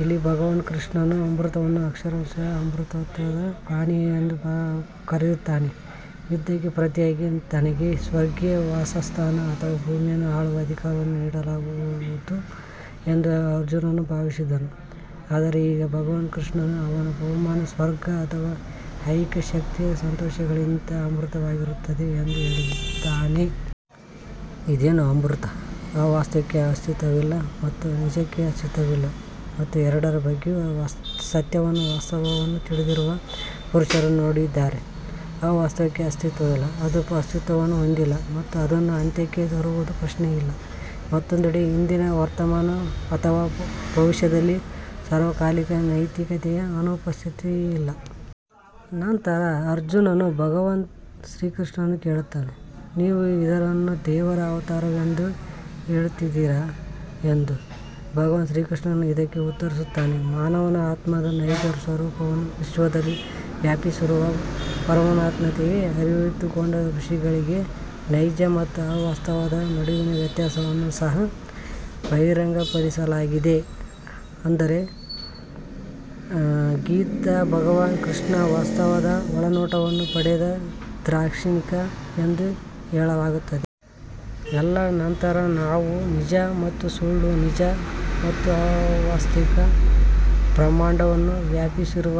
ಇಲ್ಲಿ ಭಗವಾನ್ ಕೃಷ್ಣನು ಅಮೃತವನ್ನು ಅಕ್ಷರಶಃ ಅಮರತ್ವದ ಪಾನೀಯ ಎಂದು ಕರೆಯುತ್ತಾನೆ. ಯುದ್ಧಕ್ಕೆ ಪ್ರತಿಯಾಗಿ ತನಗೆ ಸ್ವರ್ಗೀಯ ವಾಸಸ್ಥಾನ ಅಥವಾ ಭೂಮಿಯನ್ನು ಆಳುವ ಅಧಿಕಾರವನ್ನು ನೀಡಲಾಗುವುದು ಎಂದು ಅರ್ಜುನನು ಭಾವಿಸಿದ್ದನು. ಆದರೆ ಈಗ ಭಗವಾನ್ ಕೃಷ್ಣನು ಅವನ ಬಹುಮಾನವು ಸ್ವರ್ಗ ಅಥವಾ ಐಹಿಕ ಶಕ್ತಿಯ ಸಂತೋಷಗಳಿಗಿಂತ ಅಮೃತವಾಗಿರುತ್ತದೆ ಎಂದು ಹೇಳುತ್ತಾನೆ. ಇದೇನು ಅಮೃತ. ಅವಾಸ್ತವಕ್ಕೆ ಅಸ್ತಿತ್ವವಿಲ್ಲ ಮತ್ತು ನಿಜಕ್ಕೆ ಅಸ್ತಿತ್ವವಿಲ್ಲ ಮತ್ತು ಎರಡರ ಬಗ್ಗೆಯೂ ಸತ್ಯವನ್ನು ವಾಸ್ತವವನ್ನು ತಿಳಿದಿರುವ ಪುರುಷರು ನೋಡಿದ್ದಾರೆ. ಅವಾಸ್ತವಕ್ಕೆ ಅಸ್ತಿತ್ವವಿಲ್ಲ ಅದು ಅಸ್ತಿತ್ವವನ್ನು ಹೊಂದಿಲ್ಲ ಮತ್ತು ಅದನ್ನು ಅಂತ್ಯಕ್ಕೆ ತರುವುದು ಪ್ರಶ್ನೆಯಿಲ್ಲ. ಮತ್ತೊಂದೆಡೆ ಹಿಂದಿನ ವರ್ತಮಾನ ಅಥವಾ ಭವಿಷ್ಯದಲ್ಲಿ ಸಾರ್ವಕಾಲಿಕ ನೈಜತೆಯ ಅನುಪಸ್ಥಿತಿಯಿಲ್ಲ. ನಂತರ ಅರ್ಜುನನು ಭಗವಾನ್ ಕೃಷ್ಣನನ್ನು ಕೇಳುತ್ತಾನೆ ನೀವು ಇದನ್ನು ದೇವರ ಅವತಾರವೆಂದು ಹೇಳುತ್ತಿದ್ದೀರಾ ಎಂದು. ಭಗವಾನ್ ಕೃಷ್ಣನು ಇದಕ್ಕೆ ಉತ್ತರಿಸುತ್ತಾನೆ ಮಾನವ ಆತ್ಮದ ನೈಜ ಸ್ವರೂಪವನ್ನು ವಿಶ್ವದಲ್ಲಿ ವ್ಯಾಪಿಸಿರುವ ಪರಮಾತ್ಮನಂತೆಯೇ ಅರಿತುಕೊಂಡ ಋಷಿಗಳಿಗೆ ನೈಜ ಮತ್ತು ಅವಾಸ್ತವದ ನಡುವಿನ ವ್ಯತ್ಯಾಸವನ್ನು ಸಹ ಬಹಿರಂಗಪಡಿಸಲಾಗಿದೆ. ಅಂದರೆ ಗೀತಾ ಭಗವಾನ್ ಕೃಷ್ಣನು ವಾಸ್ತವದ ಒಳನೋಟವನ್ನು ಪಡೆದ ದಾರ್ಶನಿಕ ಎಂದು ಹೇಳಲಾಗುತ್ತದೆ. ಎಲ್ಲಾ ನಂತರ ಯಾವುದು ನಿಜ ಮತ್ತು ಸುಳ್ಳು ನಿಜ ಮತ್ತು ಅವಾಸ್ತವ. ಬ್ರಹ್ಮಾಂಡವನ್ನು ವ್ಯಾಪಿಸಿರುವ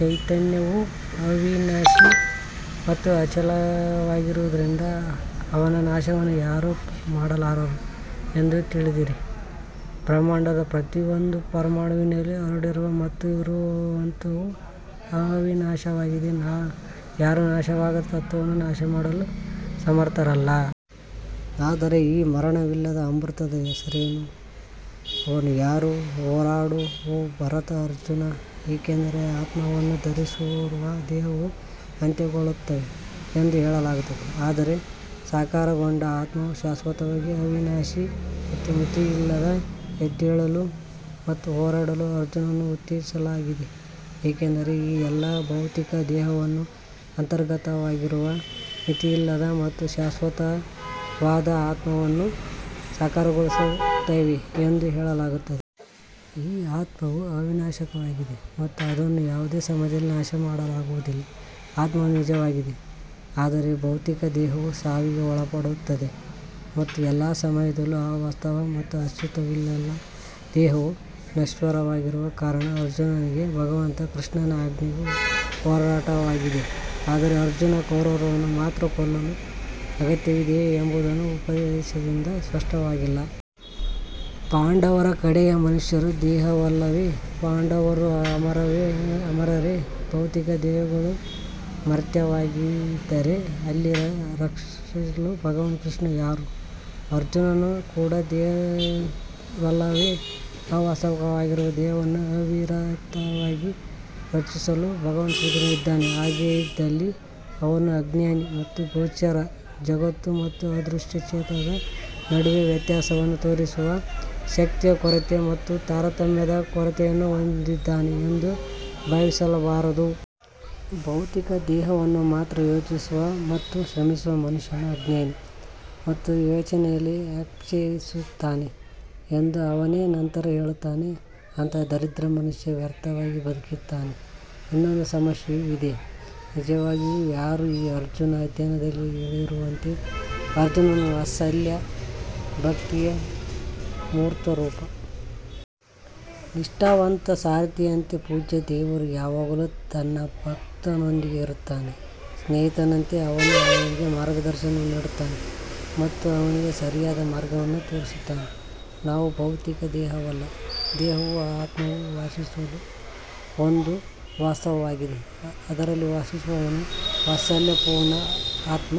ಚೈತನ್ಯವು ಅವಿನಾಶಿ ಮತ್ತು ಅಚಲವಾಗಿರುವುದರಿಂದ ಅವನ ನಾಶವನ್ನು ಯಾರೂ ಮಾಡಲಾರರು ಎಂದು ತಿಳಿಯಿರಿ. ಬ್ರಹ್ಮಾಂಡದ ಪ್ರತಿಯೊಂದು ಪರಮಾಣುವಿನಲ್ಲಿ ಹರಡಿರುವ ಮತ್ತು ಇರುವಂತಹವು ಅವಿನಾಶಿಯಾಗಿದೆ. ಯಾರೂ ನಾಶವಾಗದ ತತ್ವವನ್ನು ನಾಶಮಾಡಲು ಸಮರ್ಥರಲ್ಲ. ಆದರೆ ಈ ಮರಣವಿಲ್ಲದ ಅಮೃತದ ಹೆಸರೇನು. ಅವನು ಯಾರು. ಹೋರಾಡು ಓ ಭರತ ಅರ್ಜುನ. ಏಕೆಂದರೆ ಆತ್ಮವನ್ನು ಧರಿಸಿರುವ ದೇಹಗಳು ಅಂತ್ಯಗೊಳ್ಳುತ್ತವೆ ಎಂದು ಹೇಳಲಾಗುತ್ತದೆ ಆದರೆ ಸಾಕಾರಗೊಂಡ ಆತ್ಮವು ಶಾಶ್ವತವಾಗಿ ಅವಿನಾಶಿ ಮತ್ತು ಮಿತಿಯಿಲ್ಲ. ಎದ್ದೇಳಲು ಮತ್ತು ಹೋರಾಡಲು ಅರ್ಜುನನನ್ನು ಉತ್ತೇಜಿಸಲಾಗಿದೆ ಏಕೆಂದರೆ ಈ ಎಲ್ಲಾ ಭೌತಿಕ ದೇಹಗಳು ಅಂತರ್ಗತವಾಗಿರುವ ಮಿತಿಯಿಲ್ಲದ ಮತ್ತು ಶಾಶ್ವತವಾದ ಆತ್ಮವನ್ನು ಸಾಕಾರಗೊಳಿಸುತ್ತವೆ ಎಂದು ಹೇಳಲಾಗುತ್ತದೆ. ಈ ಆತ್ಮವು ಅವಿನಾಶಿಯಾಗಿದೆ ಮತ್ತು ಅದನ್ನು ಯಾವುದೇ ಸಮಯದಲ್ಲಿ ನಾಶಮಾಡಲಾಗುವುದಿಲ್ಲ. ಆತ್ಮವು ನಿಜವಾಗಿದೆ ಆದರೆ ಭೌತಿಕ ದೇಹವು ಸಾವಿಗೆ ಒಳಪಟ್ಟಿರುತ್ತದೆ ಮತ್ತು ಎಲ್ಲಾ ಸಮಯದಲ್ಲೂ ಅವಾಸ್ತವ ಮತ್ತು ಅಸ್ತಿತ್ವದಲ್ಲಿಲ್ಲ. ದೇಹವು ನಶ್ವರವಾಗಿರುವ ಕಾರಣ ಅರ್ಜುನನಿಗೆ ಭಗವಾನ್ ಕೃಷ್ಣನ ಆಜ್ಞೆಯು ಹೋರಾಟವಾಗಿದೆ. ಆದರೆ ಅರ್ಜುನನು ಕೌರವರನ್ನು ಮಾತ್ರ ಕೊಲ್ಲುವ ಅಗತ್ಯವಿದೆಯೇ ಎಂಬುದು ಉಪದೇಶದಿಂದ ಸ್ಪಷ್ಟವಾಗಿಲ್ಲ. ಪಾಂಡವರ ಕಡೆಯ ಮನುಷ್ಯರೂ ದೇಹವಲ್ಲವೇ. ಪಾಂಡವರು ಅಮರರೇ. ಭೌತಿಕ ದೇಹಗಳು ಮರ್ತ್ಯವಾಗಿದ್ದರೆ ಅಲ್ಲಿ ರಕ್ಷಿಸಲು ಭಗವಾನ್ ಕೃಷ್ಣ ಯಾರು. ಅರ್ಜುನನು ಕೂಡ ದೇಹವಲ್ಲವೇ. ಅವಾಸ್ತವವಾಗಿರುವ ದೇಹವನ್ನು ಅವಿರತವಾಗಿ ರಕ್ಷಿಸಲು ಭಗವಾನ್ ಕೃಷ್ಣನು ಇದ್ದಾನೆ. ಹಾಗಿದ್ದಲ್ಲಿ ಅವನೂ ಅಜ್ಞಾನಿ ಮತ್ತು ಗೋಚರ ಜಗತ್ತು ಮತ್ತು ಅದೃಶ್ಯ ಚೇತನದ ನಡುವೆ ವ್ಯತ್ಯಾಸವನ್ನು ತೋರಿಸುವ ಶಕ್ತಿಯ ಕೊರತೆ ಮತ್ತು ತಾರತಮ್ಯದ ಕೊರತೆಯನ್ನು ಹೊಂದಿದ್ದಾನೆ ಎಂದು ಭಾವಿಸಬಾರದು. ಭೌತಿಕ ದೇಹವನ್ನು ಮಾತ್ರ ಯೋಚಿಸುವ ಮತ್ತು ಶ್ರಮಿಸುವ ಮನುಷ್ಯನು ಅಜ್ಞಾನಿ ಮತ್ತು ವಿವೇಚನೆಯಲ್ಲಿ ಅಪೇಕ್ಷಿಸುತ್ತಾನೆ ಎಂದು ಅವನೇ ನಂತರ ಹೇಳುತ್ತಾನೆಯೇ. ಅಂತಹ ದರಿದ್ರ ಮನುಷ್ಯ ವ್ಯರ್ಥವಾಗಿ ಬದುಕುತ್ತಾನೆ. ಇನ್ನೊಂದು ಸಮಸ್ಯೆಯೂ ಇದೆ. ನಿಜವಾಗಿಯೂ ಯಾರು ಈ ಅರ್ಜುನ್. ಅಧ್ಯಾಯದಲ್ಲಿ ಹೇಳಿರುವಂತೆ ಅರ್ಜುನನು ವಾತ್ಸಲ್ಯ ಭಕ್ತಿಯ ಮೂರ್ತರೂಪ. ನಿಷ್ಠಾವಂತ ಸಾರಥಿಯಂತೆ ಪೂಜ್ಯ ದೇವರು ಯಾವಾಗಲೂ ತನ್ನ ಭಕ್ತನೊಂದಿಗೆ ಇರುತ್ತಾನೆ. ಸ್ನೇಹಿತನಂತೆ ಅವನು ಅವನಿಗೆ ಮಾರ್ಗದರ್ಶನ ನೀಡುತ್ತಾನೆ ಮತ್ತು ಅವನಿಗೆ ಸರಿಯಾದ ಮಾರ್ಗವನ್ನು ತೋರಿಸುತ್ತಾನೆ. ನಾವು ಭೌತಿಕ ದೇಹವಲ್ಲ. ದೇಹವು ಆತ್ಮವು ವಾಸಿಸಲು ಒಂದು ವಾಸಸ್ಥಾನವಾಗಿದೆ. ಅದರಲ್ಲಿ ವಾಸಿಸುವವನು ವಾತ್ಸಲ್ಯಪೂರ್ಣ ಆತ್ಮ.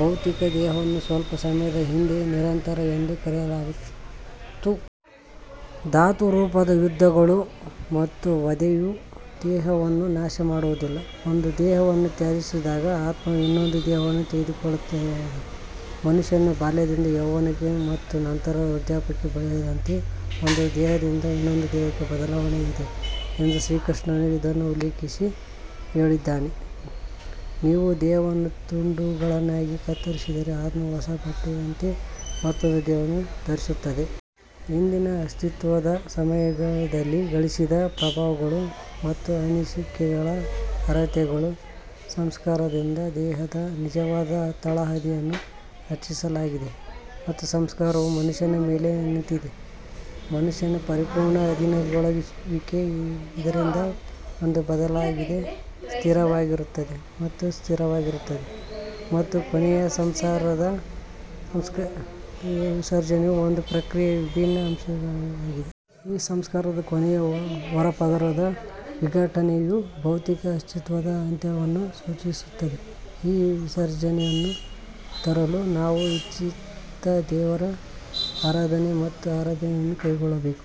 ಭೌತಿಕ ದೇಹವನ್ನು ಸ್ವಲ್ಪ ಸಮಯದ ಹಿಂದೆ ನಿರಂತರ ಎಂದು ಕರೆಯಲಾಯಿತು. ಧಾತುರೂಪದ ಯುದ್ಧಗಳು ಮತ್ತು ವಧೆಯು ದೇಹವನ್ನು ನಾಶಪಡಿಸುವುದಿಲ್ಲ. ಒಂದು ದೇಹವನ್ನು ತ್ಯಜಿಸಿದಾಗ ಆತ್ಮವು ಇನ್ನೊಂದು ದೇಹವನ್ನು ತೆಗೆದುಕೊಳ್ಳುತ್ತದೆ. ಮನುಷ್ಯನು ಬಾಲ್ಯದಿಂದ ಯೌವನಕ್ಕೆ ಮತ್ತು ನಂತರ ವೃದ್ಧಾಪ್ಯಕ್ಕೆ ಬೆಳೆದಂತೆ ಒಂದು ದೇಹದಿಂದ ಇನ್ನೊಂದು ದೇಹಕ್ಕೆ ಬದಲಾವಣೆ ಇದೆ ಎಂದು ಶ್ರೀಕೃಷ್ಣನು ಇದನ್ನು ಉಲ್ಲೇಖಿಸಿ ಹೇಳಿದ್ದಾನೆ. ನೀವು ದೇಹವನ್ನು ತುಂಡುಗಳಾಗಿ ಕತ್ತರಿಸಿದರೆ ಆತ್ಮವು ಹೊಸ ಬಟ್ಟೆಯಂತೆ ಮತ್ತೊಂದು ದೇಹವನ್ನು ಧರಿಸುತ್ತದೆ. ಹಿಂದಿನ ಅಸ್ತಿತ್ವದ ಸಮಯದಲ್ಲಿ ಗಳಿಸಿದ ಪ್ರಭಾವಗಳು ಮತ್ತು ಅನಿಸಿಕೆಗಳ ಅರ್ಹತೆಗಳು ಸಂಸ್ಕಾರದಿಂದ ದೇಹದ ನಿಜವಾದ ತಳಹದಿಯನ್ನು ರಚಿಸಲಾಗಿದೆ. ಮತ್ತು ಸಂಸ್ಕಾರವು ಮನಸ್ಸಿನ ಮೇಲೆ ನಿಂತಿದೆ. ಮನಸ್ಸಿನ ಪರಿಪೂರ್ಣ ಅಧೀನಗೊಳಿಸುವಿಕೆ ಇದರಿಂದ ಅದು ಬದಲಾಗದೆ ಸ್ಥಿರವಾಗಿರುತ್ತದೆ ಮತ್ತು ಸ್ಥಿರವಾಗಿರುತ್ತದೆ ಮತ್ತು ಕೊನೆಯ ಸಂಸ್ಕಾರದ ವಿಸರ್ಜನೆಯು ಒಂದೇ ಪ್ರಕ್ರಿಯೆಯ ವಿಭಿನ್ನ ಅಂಶಗಳಾಗಿವೆ. ಈ ಸಂಸ್ಕಾರದ ಕೊನೆಯ ಹೊರಪದರದ ವಿಘಟನೆಯು ಭೌತಿಕ ಅಸ್ತಿತ್ವದ ಅಂತ್ಯವನ್ನು ಸೂಚಿಸುತ್ತದೆ. ಈ ವಿಸರ್ಜನೆಯನ್ನು ತರಲು ನಾವು ಇಚ್ಛಿತ ದೇವರ ಆರಾಧನೆ ಮತ್ತು ಆರಾಧನೆಯನ್ನು ಕೈಗೊಳ್ಳಬೇಕು.